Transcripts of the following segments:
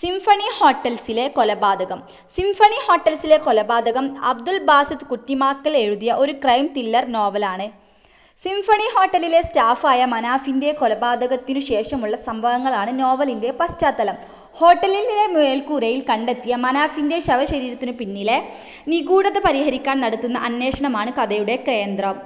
Symphony ഹോട്ടൽസിലെ കൊലപാതകം 'symphony ഹോട്ടൽസിലെ കൊലപാതകം' അബ്ദുൽ ബാസിത്ത് കുറ്റിമാക്കൽ എഴുതിയ ഒരു ക്രൈം ത്രില്ലർ നോവലാണ്. സിംഫണി ഹോട്ടലിലെ സ്റ്റാഫ് ആയ മനാഫിന്റെ കൊലപാതകത്തിനു ശേഷമുള്ള സംഭവങ്ങളാണ് നോവലിന്റെ പശ്ചാത്തലം. ഹോട്ടലിന്റെ മേൽക്കൂരയിൽ കണ്ടെത്തിയ മനാഫിന്റെ ശവശരീരത്തിനു പിന്നിലെ നിഗൂഢത പരിഹരിക്കാൻ നടത്തുന്ന അന്വേഷണമാണ് കഥയുടെ കേന്ദ്രം.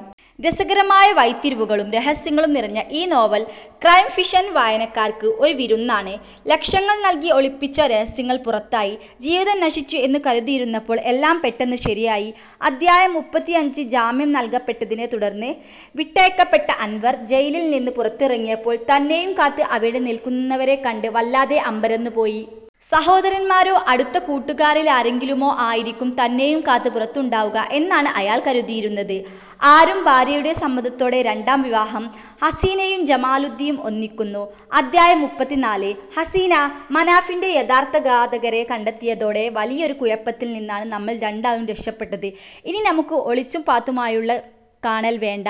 രസകരമായ വഴിത്തിരിവുകളും രഹസ്യങ്ങളും നിറഞ്ഞ ഈ നോവൽ ക്രൈം ഫിക്ഷൻ വായനക്കാർക്ക് ഒരു വിരുന്നാണ്. 'ലക്ഷങ്ങൾ നൽകി ഒളിപ്പിച്ച രഹസ്യങ്ങൾ പുറത്തായി, ജീവിതം നശിച്ചു എന്ന് കരുതിയിരുന്നപ്പോൾ എല്ലാം പെട്ടെന്ന് ശരിയായി' അധ്യായം: മുപ്പത്തിയഞ്ച് ജാമ്യം നൽകപ്പെട്ടതിനെത്തുടർന്ന് വിട്ടയക്കപ്പെട്ട അൻവർ, ജയിലിൽ നിന്ന് പുറത്തിറങ്ങിയപ്പോൾ തന്നെയും കാത്ത് അവിടെ നിൽക്കുന്നവരെക്കണ്ട് വല്ലാതെ അമ്പരന്ന് പോയി! സഹോദരന്മാരോ, അടുത്ത കൂട്ടുകാരിലാരെങ്കിലുമോ ആയിരിക്കും തന്നെയും കാത്ത് പുറത്തുണ്ടാവുക എന്നാണ് അയാൾ കരുതിയിരുന്നത്. ആരും ഭാര്യയുടെ സമ്മതത്തോടെ രണ്ടാം വിവാഹം; 'ഹസീനയും ജമാലുദ്ധീനും ഒന്നിക്കുന്നു' അധ്യായം: മുപ്പത്തിനാല് "ഹസീനാ... മനാഫിന്റെ യഥാർത്ഥ ഘാതകരെ കണ്ടെത്തിയതോടെ വലിയൊരു കുഴപ്പത്തിൽ നിന്നാണ് നമ്മൾ രണ്ടാളും രക്ഷപ്പെട്ടത്. ഇനി നമുക്ക് ഒളിച്ചും പാത്തുമുള്ള കാണൽ വേണ്ട.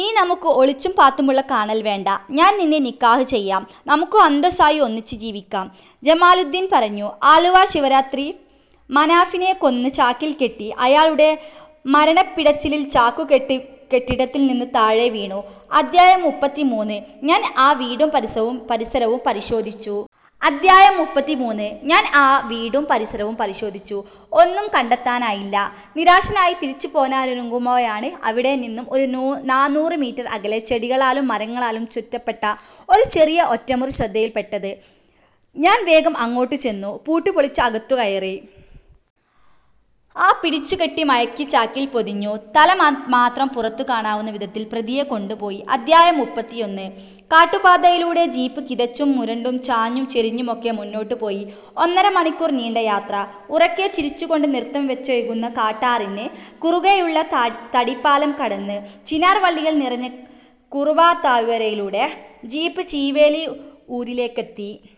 ഇനി നമുക്ക് ഒളിച്ചും പാത്തുമുള്ള കാണൽ വേണ്ട. ഞാൻ നിന്നെ നിക്കാഹ് ചെയ്യാം. നമുക്ക് അന്തസായി ഒന്നിച്ച് ജീവിക്കാം. " ജമാലുദ്ധീൻ പറഞ്ഞു. ആലുവ ശിവരാത്രി 'മനാഫിനെ കൊന്ന് ചാക്കിൽ കെട്ടി, അയാളുടെ മരണപിടച്ചിലിൽ ചാക്കുകെട്ട് കെട്ടിടത്തിൽ നിന്ന് താഴെ വീണു... ' അധ്യായം: മുപ്പത്തിമൂന്ന് "ഞാൻ ആ വീടും പരിസരവും പരിശോധിച്ചു. ' അധ്യായം: മുപ്പത്തിമൂന്ന് "ഞാൻ ആ വീടും പരിസരവും പരിശോധിച്ചു. ഒന്നും കണ്ടെത്താനായില്ല. നിരാശനായി തിരിച്ചു പോരാനൊരുങ്ങുമ്പോഴാണ് അവിടെ നിന്നും ഒരു നാനൂറ് മീറ്റർ അകലെ ചെടികളാലും മരങ്ങളാലും ചുറ്റപ്പെട്ട ഒരു ചെറിയ ഒറ്റമുറി ശ്രദ്ധയിൽ പെട്ടത്. ഞാൻ വേഗം അങ്ങോട്ട് ചെന്നു. പൂട്ട് പൊളിച്ച് അകത്തു കയറി. ആ 'പിടിച്ചു കെട്ടി, മയക്കി ചാക്കിൽ പൊതിഞ്ഞു; തല മാത്രം പുറത്തു കാണാവുന്ന വിധത്തിൽ പ്രതിയെ കൊണ്ടു പോയി' അധ്യായം: മുപ്പത്തിയൊന്ന് കാട്ടുപാതയിലൂടെ ജീപ്പ് കിതച്ചും മുരണ്ടും ചാഞ്ഞും ചെരിഞ്ഞുമൊക്കെ മുന്നോട്ട് പോയി. ഒന്നര മണിക്കൂർ നീണ്ട യാത്ര... ഉറക്കെ ചിരിച്ചു കൊണ്ട് നൃത്തം വെച്ചൊഴുകുന്ന കാട്ടാറിന് കുറുകെയുള്ള തടിപ്പാലം കടന്ന്, ചിനാർ വള്ളികൾ നിറഞ്ഞ കുറവാ താഴ്വരയിലൂടെ ജീപ്പ് ചീവേലി ഊരിലേക്കെത്തി.